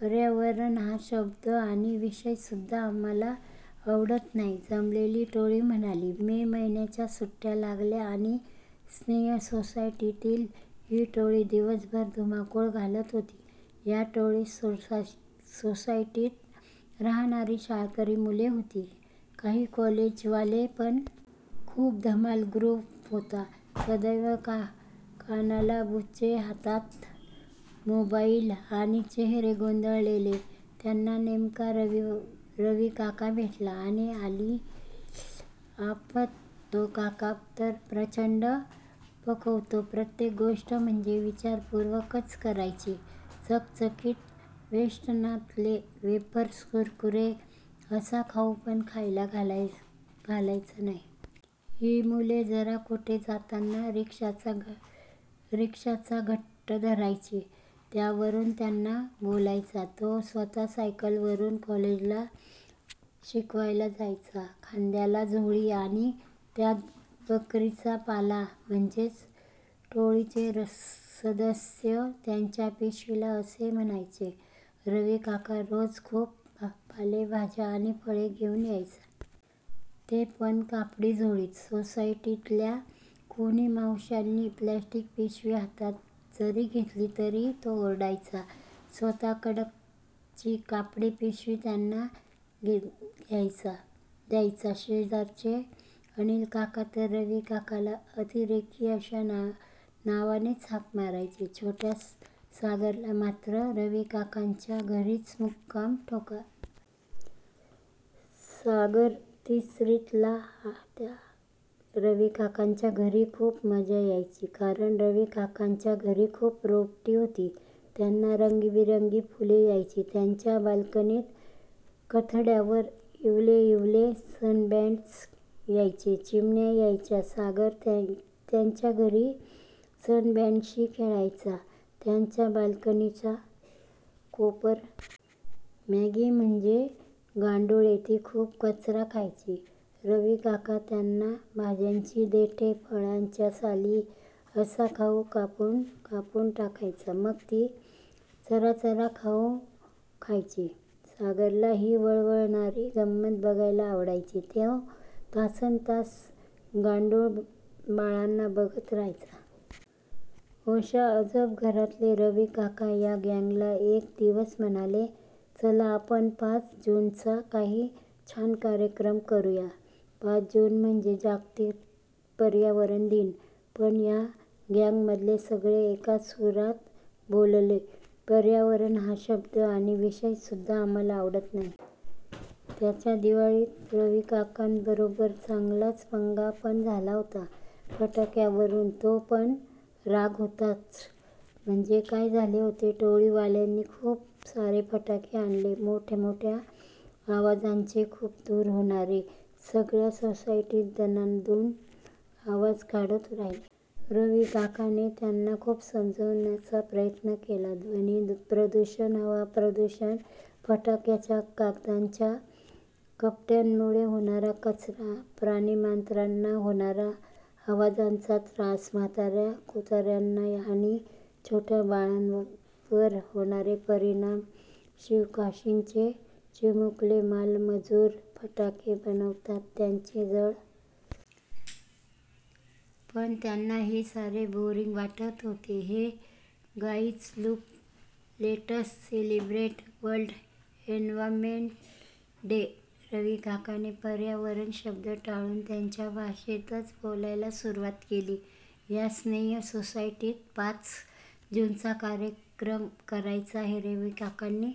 पर्यावरण हा शब्द आणि विषय सुद्धा आम्हाला आवडत नाही,' जमलेली टोळी म्हणाली. मे महिन्याच्या सुट्ट्या लागल्या आणि स्नेह सोसायटीतली ही टोळी दिवसभर धुमाकूळ घालत होती. या टोळीत सोसायटीत राहणारी शाळकरी मुले होती, काही कॉलेजवाले पण! खूप धमाल ग्रुप होता. सदैव कानाला बुचे, हातात मोबाईल आणि चेहरे गोंधळलेले! त्यांना नेमका रविकाका भेटला. आणि आली आफत! तो काका तर प्रचंड पकवतो. प्रत्येक गोष्ट म्हणे विचारपूर्वकच करायची. चकचकीत वेष्टनातले वेफर्स, कुरकुरे असा खाऊ पण खायला द्यायचा नाही. ही मुले जरा कुठे जाताना रिक्षाचा हट्ट धरायची, त्यावरून त्यांना बोलायचा. तो स्वतः सायकलवरून कॉलेजला शिकवायला जायचा. खांद्याला झोळी आणि त्यात 'बकरीचा पाला'! म्हणजे टोळीचे सदस्य त्याच्या पिशवीला असे म्हणायचे. रविकाका रोज खूप पालेभाज्या आणि फळे घेऊन यायचा. ते पण कापडी झोळीत. सोसायटीतल्या कोणी मावश्यांनी प्लास्टिक पिशवी हातात जरी घेतली तरी तो ओरडायचा, स्वतःकडची कापडी पिशवी त्यांना द्यायचा. शेजारचे अनिलकाका तर रविकाकाला 'अतिरेकी' अशा नावानेच हाक मारायचे. छोट्या सागरला मात्र रविकाकाच्या घरीच मुक्काम ठोकायला आवडायचा. सागर तिसरीतला. त्याला रविकाकाच्या घरी खूप मजा यायची, कारण रविकाकाच्या घरी खूप रोपटी होती. त्यांना रंगीबेरंगी फुले यायची. त्याच्या बाल्कनीच्या कठड्यावर इवले इवले सनबर्ड्स यायचे. चिमण्या यायच्या. सागर त्याच्या घरी सनबर्डशी खेळायचा. त्याच्या बाल्कनीच्या कोपऱ्यात मॅगीची शाळा होती. मॅगी म्हणजे गांडुळे. ती खूप कचरा खायची. रविकाका त्यांना भाज्यांची देठे, फळांच्या साली असा खाऊ कापून कापून टाकायचा. मग ती चराचरा खाऊ खायची. सागरला ही वळवळणारी गंमत बघायला आवडायची. तो तासनतास गांडूळ बाळांना बघत राहायचा. अशा अजब घरातले रविकाका या गँगला एक दिवस म्हणाले, 'चला आपण पाच जूनचा काही छान कार्यक्रम करूया. पाच जून म्हणजे जागतिक पर्यावरण दिन.' पण या गँगमधले सगळे एका सुरात बोलले- 'पर्यावरण हा शब्द आणि विषय सुद्धा आम्हाला आवडत नाही!' त्यांचा दिवाळीत रविकाकाबरोबर चांगलाच पंगा पण झाला होता फटाक्यांवरून, तो पण राग होताच. म्हणजे काय झाले होते, टोळीवाल्यांनी खूप सारे फटाके आणले. मोठ्या मोठ्या आवाजाचे, खूप धूर होणारे. सगळ्या सोसायटीत दणाणून आवाज काढत राहिले. रविकाकाने त्यांना खूप समजावण्याचा प्रयत्न केला. ध्वनी प्रदूषण, हवा प्रदूषण, फटाक्याच्या कागदाच्या कपट्यांमुळे होणारा कचरा, प्राणीमात्रांना होणारा आवाजाचा त्रास, म्हाताऱ्या-कोताऱ्यांना आणि छोट्या बाळांवर होणारे परिणाम, शिवकाशीचे चिमुकले बालमजूर, फटाके बनवताना त्यांचे जळणारे इवलेसे हात असे सगळे काही रविकाका त्यांना सांगायचा प्रयत्न करत होता. पण त्यांना हे सारे बोअरिंग वाटत होते. 'Hey guys, look let's celebrate world environment day!' रविकाकाने पर्यावरण शब्द टाळून त्यांच्या भाषेतच बोलायला सुरुवात केली. या स्नेह सोसायटीत पाच जूनचा कार्यक्रम करायचा हे रविकाकाने